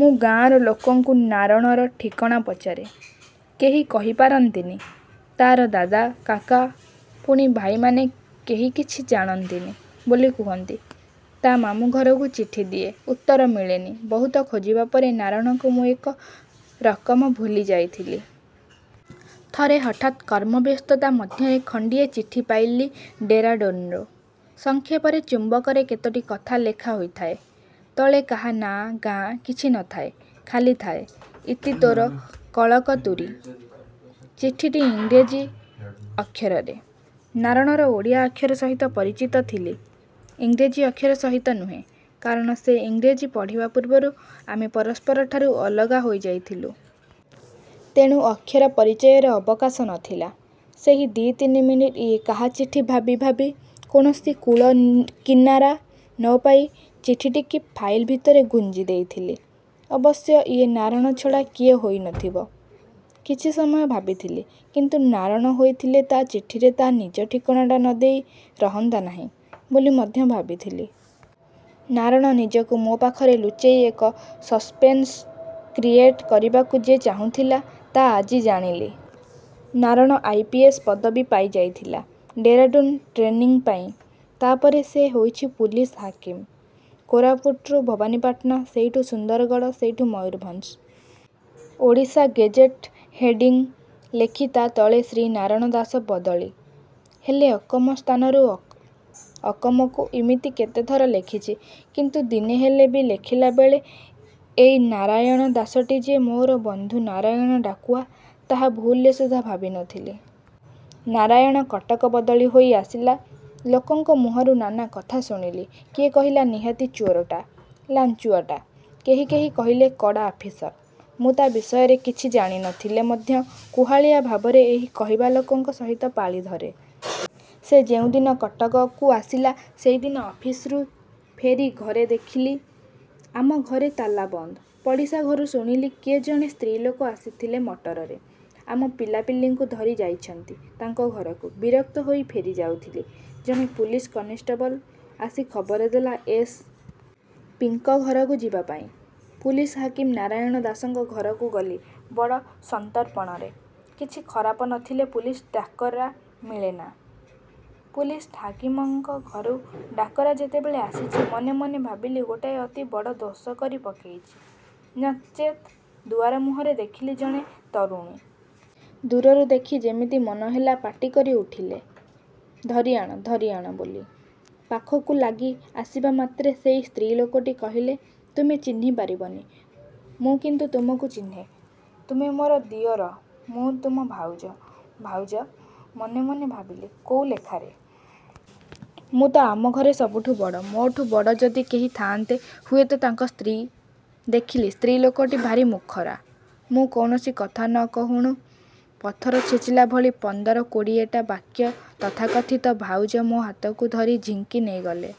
ମୁଁ ଗାଁର ଲୋକଙ୍କୁ ନାରଣର ଠିକଣା ପଚାରେ, କେହି କହି ପାରନ୍ତିନି ତାର ଦାଦା କାକା ପୁଣି ଭାଇମାନେ କେହି କିଛି ଜାଣନ୍ତିନି ବୋଲି କୁହନ୍ତି। ତା ମାମୁଁ ଘରକୁ ଚିଠି ଦିଏ ଉତ୍ତର ମିଳେନି। ବହୁତ ଖୋଜିବାପରେ ନାରଣକୁ ମୁଁ ଏକ ରକମ ଭୁଲି ଯାଇଥିଲି। ଥରେ ହଠାତ୍ କର୍ମବ୍ୟସ୍ତତା ମଧ୍ୟରେ ଖଣ୍ଡିଏ ଚିଠି ପାଇଲି ଡେରାଡୁନ୍ରୁ। ସଂକ୍ଷେପରେ ଚୁମ୍ବକରେ କେତୋଟି କଥା ଲେଖା ହୋଇଥାଏ, ତଳେ କାହା ନାଁ ଗାଁ କିଛି ନ ଥାଏ ଖାଲି ଥାଏ, ଇତି ତୋର କଳକତୁରୀ। ଚିଠିଟି ଇଂରେଜୀ ଅକ୍ଷରରେ। ନାରଣର ଓଡ଼ିଆ ଅକ୍ଷର ସହିତ ପରିଚିତ ଥିଲି, ଇଂରେଜୀ ଅକ୍ଷର ସହିତ ନୁହେଁ, କାରଣ ସେ ଇଂରେଜୀ ପଢ଼ିବା ପୂର୍ବରୁ ଆମେ ପରସ୍ପରଠାରୁ ଅଲଗା ହୋଇ ଯାଇଥିଲୁ। ତେଣୁ ଅକ୍ଷର ପରିଚୟର ଅବକାଶ ନ ଥିଲା। ସେଇ ଦି ତିନିମିନିଟ ଇଏ କାହାଚିଠି ଭାବି ଭାବି କୌଣସି କୂଳ କିନାରା ନ ପାଇ ଚିଠିଟିକି ଫାଇଲ ଭିତରେ ଗୁଞ୍ଜି ଦେଇଥିଲି। ଅବଶ୍ୟ ଇଏ ନାରଣ ଛଡ଼ା କିଏ ହୋଇନଥିବ। କିଛି ସମୟ ଭାବିଥିଲି କିନ୍ତୁ ନାରଣ ହୋଇଥିଲେ ତା ଚିଠିରେ ତା ନିଜ ଠିକଣାଟା ନଦେଇ ରହନ୍ତା ନାହିଁ ବୋଲି ମଧ୍ୟ ଭାବିଥିଲି। ନାରଣ ନିଜକୁ ମୋ ପାଖରେ ଲୁଚେଇ ଏକ ସସପେନ୍ସ କ୍ରିଏଟ୍ କରିବାକୁ ଯେ ଚାହୁଁଥିଲା, ତା ଆଜି ଜାଣିଲି। ନାରଣ ଆଇ. ପି. ଏସ୍ ପଦବୀ ପାଇ ଯାଇଥିଲା, ଡେରାଡୁନ୍ ଟ୍ରେନିଂ ପାଇଁ। ତା ପରେ ସେ ହୋଇଚି ପୁଲିସ ହାକିମ, କୋରାପୁଟରୁ, ଭବାନିପାଟଣା ସେଇଠୁ ସୁନ୍ଦରଗଡ଼ ସେଇଠୁ ମୟୁରଭଞ୍ଜ। 'ଓଡ଼ିଶା ଗେଜେଟ' ହେଡ଼ିଂ ଲେଖି ତା ତଳେ "ଶ୍ରୀ ନାରଣ ଦାସ ବଦଳି, ହେଲେ ଅକମ ସ୍ଥାନରୁ ଅକମ କୁ ଇମିତି କେତେଥର ଲେଖିଚି କିନ୍ତୁ ଦିନେହେଲେ ବି ଲେଖିଲାବେଳେ, ଏଇ ନାରାୟଣ ଦାସଟି ଯେ ମୋର ବନ୍ଧୁ ନାରାୟଣ ଡାକୁଆ, ତାହା ଭୁଲରେ ସୁଦ୍ଧା ଭାବି ନ ଥିଲି। ନାରାୟଣ କଟକ ବଦଳି ହୋଇ ଆସିଲା, ଲୋକଙ୍କ ମୁହଁରୁ ନାନା କଥା ଶୁଣିଲି। କିଏ କହିଲା ନିହାତି ଚୋରଟା, ଲାଂଚୁଆଟା। କେହି କେହି କହିଲେ କଡ଼ା ଅଫିସର। ମୁଁ ତା ବିଷୟରେ କିଛି ଜାଣି ନ ଥିଲେ ମଧ୍ୟ କୁହାଳିଆ ଭାବରେ ଏହି କହିବାଲୋକଙ୍କ ସହିତ ପାଳିଧରେ। ସେ ଯେଉଁଦିନ କଟକକୁ ଆସିଲା ସେଇଦିନ ଅଫିସରୁ ଫେରି ଘରେ ଦେଖିଲି, ଆମ ଘରେ ତାଲାବନ୍ଦ। ପଡ଼ିଶାଘରୁ ଶୁଣିଲି, କିଏ ଜଣେ ସ୍ତ୍ରୀ ଲୋକ ଆସିଥିଲେ ମଟରରେ, ଆମ ପିଲାପିଲିଙ୍କୁ ଧରି ଯାଇଛନ୍ତି, ତାଙ୍କ ଘରକୁ। ବିରକ୍ତ ହୋଇ ଫେରିଯାଉଥିଲି, ଜଣେ ପୁଲିସ କନଷ୍ଟେବଲ୍ ଆସି ଖବର ଦେଲା ଏସ୍. ପିଙ୍କ ଘରକୁ ଯିବାପାଇଁ। ପୁଲିସ ହାକିମ ନାରାୟଣ ଦାସଙ୍କ ଘରକୁ ଗଲି ବଡ଼ ସନ୍ତର୍ପଣରେ। କିଛି ଖରାପ ନଥିଲେ ପୁଲିସ ଡାକରା ମିଳେନା। ପୁଲିସ ହାକିମଙ୍କ ଘରୁ ଡାକରା ଯେତେବେଳେ ଆସିଚି, ମନେ ମନେ ଭାବିଲି, ଗୋଟାଏ ଅତି ବଡ଼ ଦୋଷ କରି ପକେଇଚି ନଚେତ୍ ଦୁଆର ମୁହଁରେ ଦେଖିଲି ଜଣେ ତରୁଣୀ। ଦୂରରୁ ଦେଖି ଯେମିତି ମନହେଲା, ପାଟିକରି ଉଠିଲେ, ଧରିଆଣ ଧରିଆଣ ବୋଲି। ପାଖକୁ ଲାଗି ଆସିବାମାତ୍ରେ ସେଇ ସ୍ତ୍ରୀ ଲୋକଟି କହିଲେ, ତୁମେ ଚିହ୍ନି ପାରିବନି, ମୁଁ କିନ୍ତୁ ତୁମକୁ ଚିହ୍ନେ, ତୁମେ ମୋର ଦିଅର ମୁଁ ତୁମ ଭାଉଜ। ଭାଉଜ? ମନେ ମନେ ଭାବିଲି, କୋଉ ଲେଖାରେ? ମୁଁ ତ ଆମ ଘରେ ସବୁଠୁ ବଡ଼। ମୋଠୁ ବଡ଼ ଯଦି କେହି ଥାଆନ୍ତେ, ହୁଏତ ତାଙ୍କ ସ୍ତ୍ରୀ ଦେଖିଲି ସ୍ତ୍ରୀ ଲୋକଟି ଭାରି ମୁଖରା। ମୁଁ କୌଣସି କଥା ନ କହୁଣୁ ପଥର ଛେଚିଲାଭଳି ପନ୍ଦର କୋଡ଼ିଏଟା ବାକ୍ୟ ତଥାକଥିତ ଭାଉଜ ମୋ ହାତକୁ ଧରି ଝିଙ୍କି ନେଇଗଲେ।